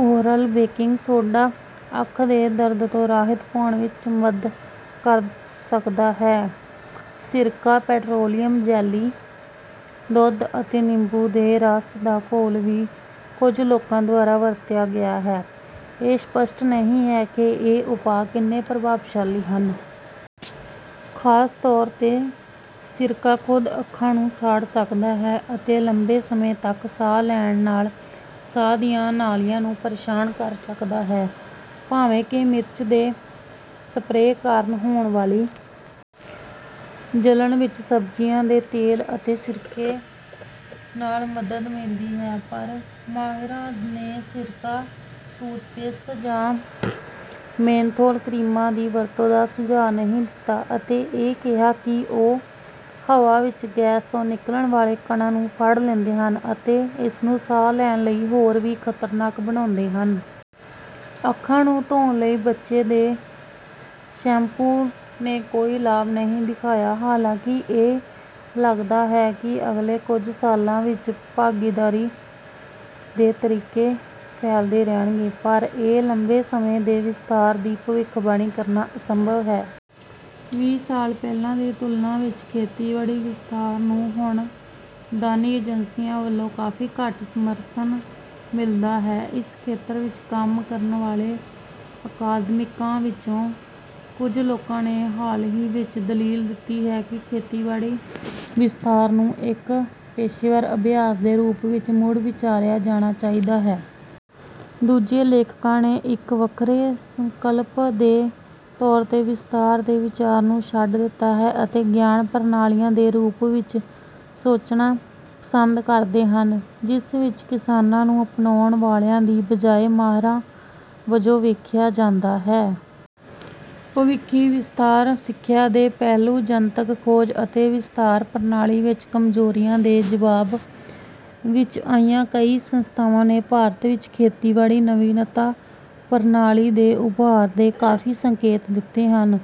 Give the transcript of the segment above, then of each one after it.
Oral baking soda ਅੱਖ ਦੇ ਦਰਦ ਤੋਂ ਰਾਹਤ ਪਾਉਣ ਵਿੱਚ ਮਦ ਕਰ ਸਕਦਾ ਹੈ। ਸਿਰਕਾ, ਪੈਟਰੋਲੀਅਮ ਜੈਲੀ, ਦੁੱਧ ਅਤੇ ਨਿੰਬੂ ਦੇ ਰਸ ਦਾ ਘੋਲ ਵੀ ਕੁਝ ਲੋਕਾਂ ਦੁਆਰਾ ਵਰਤਿਆ ਗਿਆ ਹੈ। ਇਹ ਸਪਸ਼ਟ ਨਹੀਂ ਹੈ ਕਿ ਇਹ ਉਪਾਅ ਕਿੰਨੇ ਪ੍ਰਭਾਵਸ਼ਾਲੀ ਹਨ। ਖਾਸ ਤੌਰ 'ਤੇ, ਸਿਰਕਾ ਖੁਦ ਅੱਖਾਂ ਨੂੰ ਸਾੜ ਸਕਦਾ ਹੈ ਅਤੇ ਲੰਬੇ ਸਮੇਂ ਤੱਕ ਸਾਹ ਲੈਣ ਨਾਲ ਸਾਹ ਦੀਆਂ ਨਾਲੀਆਂ ਨੂੰ ਪਰੇਸ਼ਾਨ ਕਰ ਸਕਦਾ ਹੈ। ਭਾਵੇਂ ਕਿ ਮਿਰਚ ਦੇ ਸਪਰੇਅ ਕਾਰਨ ਹੋਣ ਵਾਲੀ ਜਲਣ ਵਿੱਚ ਸਬਜ਼ੀਆਂ ਦੇ ਤੇਲ ਅਤੇ ਸਿਰਕੇ ਨਾਲ ਮਦਦ ਮਿਲਦੀ ਹੈ, ਪਰ ਮਾਹਿਰਾਂ ਨੇ ਸਿਰਕਾ, ਟੂਥਪੇਸਟ ਜਾਂ ਮੇਨਥੋਲ ਕਰੀਮਾਂ ਦੀ ਵਰਤੋਂ ਦਾ ਸੁਝਾਅ ਨਹੀਂ ਦਿੱਤਾ ਅਤੇ ਇਹ ਕਿਹਾ ਕਿ "ਉਹ ਹਵਾ ਵਿੱਚ ਗੈਸ ਤੋਂ ਨਿਕਲਣ ਵਾਲੇ ਕਣਾਂ ਨੂੰ ਫੜ ਲੈਂਦੇ ਹਨ ਅਤੇ ਇਸਨੂੰ ਸਾਹ ਲੈਣ ਲਈ ਹੋਰ ਵੀ ਖਤਰਨਾਕ ਬਣਾਉਂਦੇ ਹਨ।" ਅੱਖਾਂ ਨੂੰ ਧੋਣ ਲਈ ਬੱਚੇ ਦੇ ਸ਼ੈਂਪੂ ਨੇ ਕੋਈ ਲਾਭ ਨਹੀਂ ਦਿਖਾਇਆ। ਹਾਲਾਂਕਿ ਇਹ ਲੱਗਦਾ ਹੈ ਕਿ ਅਗਲੇ ਕੁਝ ਸਾਲਾਂ ਵਿੱਚ ਭਾਗੀਦਾਰੀ ਦੇ ਤਰੀਕੇ ਫੈਲਦੇ ਰਹਿਣਗੇ, ਪਰ ਇਹ ਲੰਬੇ ਸਮੇਂ ਦੇ ਵਿਸਥਾਰ ਦੀ ਭਵਿੱਖਬਾਣੀ ਕਰਨਾ ਅਸੰਭਵ ਹੈ। ਵੀਹ ਸਾਲ ਪਹਿਲਾਂ ਦੀ ਤੁਲਨਾ ਵਿੱਚ, ਖੇਤੀਬਾੜੀ ਵਿਸਥਾਰ ਨੂੰ ਹੁਣ ਦਾਨੀ ਏਜੰਸੀਆਂ ਵੱਲੋਂ ਕਾਫੀ ਘੱਟ ਸਮਰਥਨ ਮਿਲਦਾ ਹੈ। ਇਸ ਖੇਤਰ ਵਿੱਚ ਕੰਮ ਕਰਨ ਵਾਲੇ ਅਕਾਦਮਿਕਾਂ ਵਿੱਚੋਂ, ਕੁਝ ਲੋਕਾਂ ਨੇ ਹਾਲ ਹੀ ਵਿੱਚ ਦਲੀਲ ਦਿੱਤੀ ਹੈ ਕਿ ਖੇਤੀਬਾੜੀ ਵਿਸਥਾਰ ਨੂੰ ਇੱਕ ਪੇਸ਼ੇਵਰ ਅਭਿਆਸ ਦੇ ਰੂਪ ਵਿੱਚ ਮੁੜ-ਵਿਚਾਰਿਆ ਜਾਣਾ ਚਾਹੀਦਾ ਹੈ। ਦੂਜੇ ਲੇਖਕਾਂ ਨੇ ਇੱਕ ਵੱਖਰੇ ਸੰਕਲਪ ਦੇ ਤੌਰ 'ਤੇ ਵਿਸਥਾਰ ਦੇ ਵਿਚਾਰ ਨੂੰ ਛੱਡ ਦਿੱਤਾ ਹੈ ਅਤੇ "ਗਿਆਨ ਪ੍ਰਣਾਲੀਆਂ" ਦੇ ਰੂਪ ਵਿੱਚ ਸੋਚਣਾ ਪਸੰਦ ਕਰਦੇ ਹਨ ਜਿਸ ਵਿੱਚ ਕਿਸਾਨਾਂ ਨੂੰ ਅਪਣਾਉਣ ਵਾਲਿਆਂ ਦੀ ਬਜਾਏ ਮਾਹਿਰਾਂ ਵਜੋਂ ਵੇਖਿਆ ਜਾਂਦਾ ਹੈ। ਭਵਿੱਖੀ ਵਿਸਥਾਰ ਸਿੱਖਿਆ ਦੇ ਪਹਿਲੂ ਜਨਤਕ ਖੋਜ ਅਤੇ ਵਿਸਥਾਰ ਪ੍ਰਣਾਲੀ ਵਿੱਚ ਕਮਜ਼ੋਰੀਆਂ ਦੇ ਜਵਾਬ ਵਿੱਚ ਆਈਆਂ ਕਈ ਸੰਸਥਾਵਾਂ ਨੇ ਭਾਰਤ ਵਿੱਚ ਖੇਤੀਬਾੜੀ ਨਵੀਨਤਾ ਪ੍ਰਣਾਲੀ ਦੇ ਉਭਾਰ ਦੇ ਕਾਫ਼ੀ ਸੰਕੇਤ ਦਿੱਤੇ ਹਨ।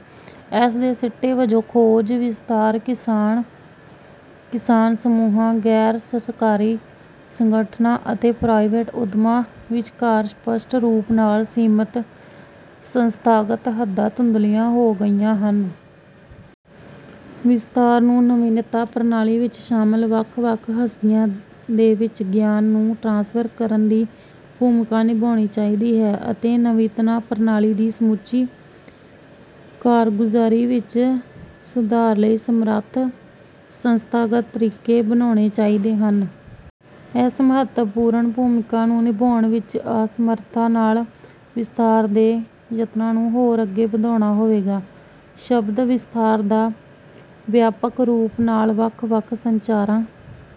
ਇਸ ਦੇ ਸਿੱਟੇ ਵਜੋਂ ਖੋਜ, ਵਿਸਥਾਰ, ਕਿਸਾਨ, ਕਿਸਾਨ ਸਮੂਹਾਂ, ਗੈਰ ਸਰਕਾਰੀ ਸੰਗਠਨਾਂ ਅਤੇ ਪ੍ਰਾਈਵੇਟ ਉੱਦਮਾਂ ਵਿੱਚਕਾਰ ਸਪੱਸ਼ਟ ਰੂਪ ਨਾਲ ਸੀਮਿਤ ਸੰਸਥਾਗਤ ਹੱਦਾਂ ਧੁੰਦਲੀਆਂ ਹੋ ਗਈਆਂ ਹਨ। ਵਿਸਥਾਰ ਨੂੰ ਨਵੀਨਤਾ ਪ੍ਰਣਾਲੀ ਵਿੱਚ ਸ਼ਾਮਲ ਵੱਖ-ਵੱਖ ਹਸਤੀਆਂ ਦੇ ਵਿੱਚ ਗਿਆਨ ਨੂੰ ਟ੍ਰਾਂਸਫਰ ਕਰਨ ਦੀ ਭੂਮਿਕਾ ਨਿਭਾਉਣੀ ਚਾਹੀਦੀ ਹੈ ਅਤੇ ਨਵੀਨਤਾ ਪ੍ਰਣਾਲੀ ਦੀ ਸਮੁੱਚੀ ਕਾਰਗੁਜ਼ਾਰੀ ਵਿੱਚ ਸੁਧਾਰ ਲਈ ਸਮਰੱਥ ਸੰਸਥਾਗਤ ਤਰੀਕੇ ਬਣਾਉਣੇ ਚਾਹੀਦੇ ਹਨ। ਇਸ ਮਹੱਤਵਪੂਰਨ ਭੂਮਿਕਾ ਨੂੰ ਨਿਭਾਉਣ ਵਿੱਚ ਅਸਮਰਥਤਾ ਨਾਲ ਵਿਸਥਾਰ ਦੇ ਯਤਨਾਂ ਨੂੰ ਹੋਰ ਅੱਗੇ ਵਧਾਉਣਾ ਹੋਵੇਗਾ। ਸ਼ਬਦ "ਵਿਸਥਾਰ" ਦਾ ਵਿਆਪਕ ਰੂਪ ਨਾਲ ਵੱਖ-ਵੱਖ ਸੰਚਾਰਾਂ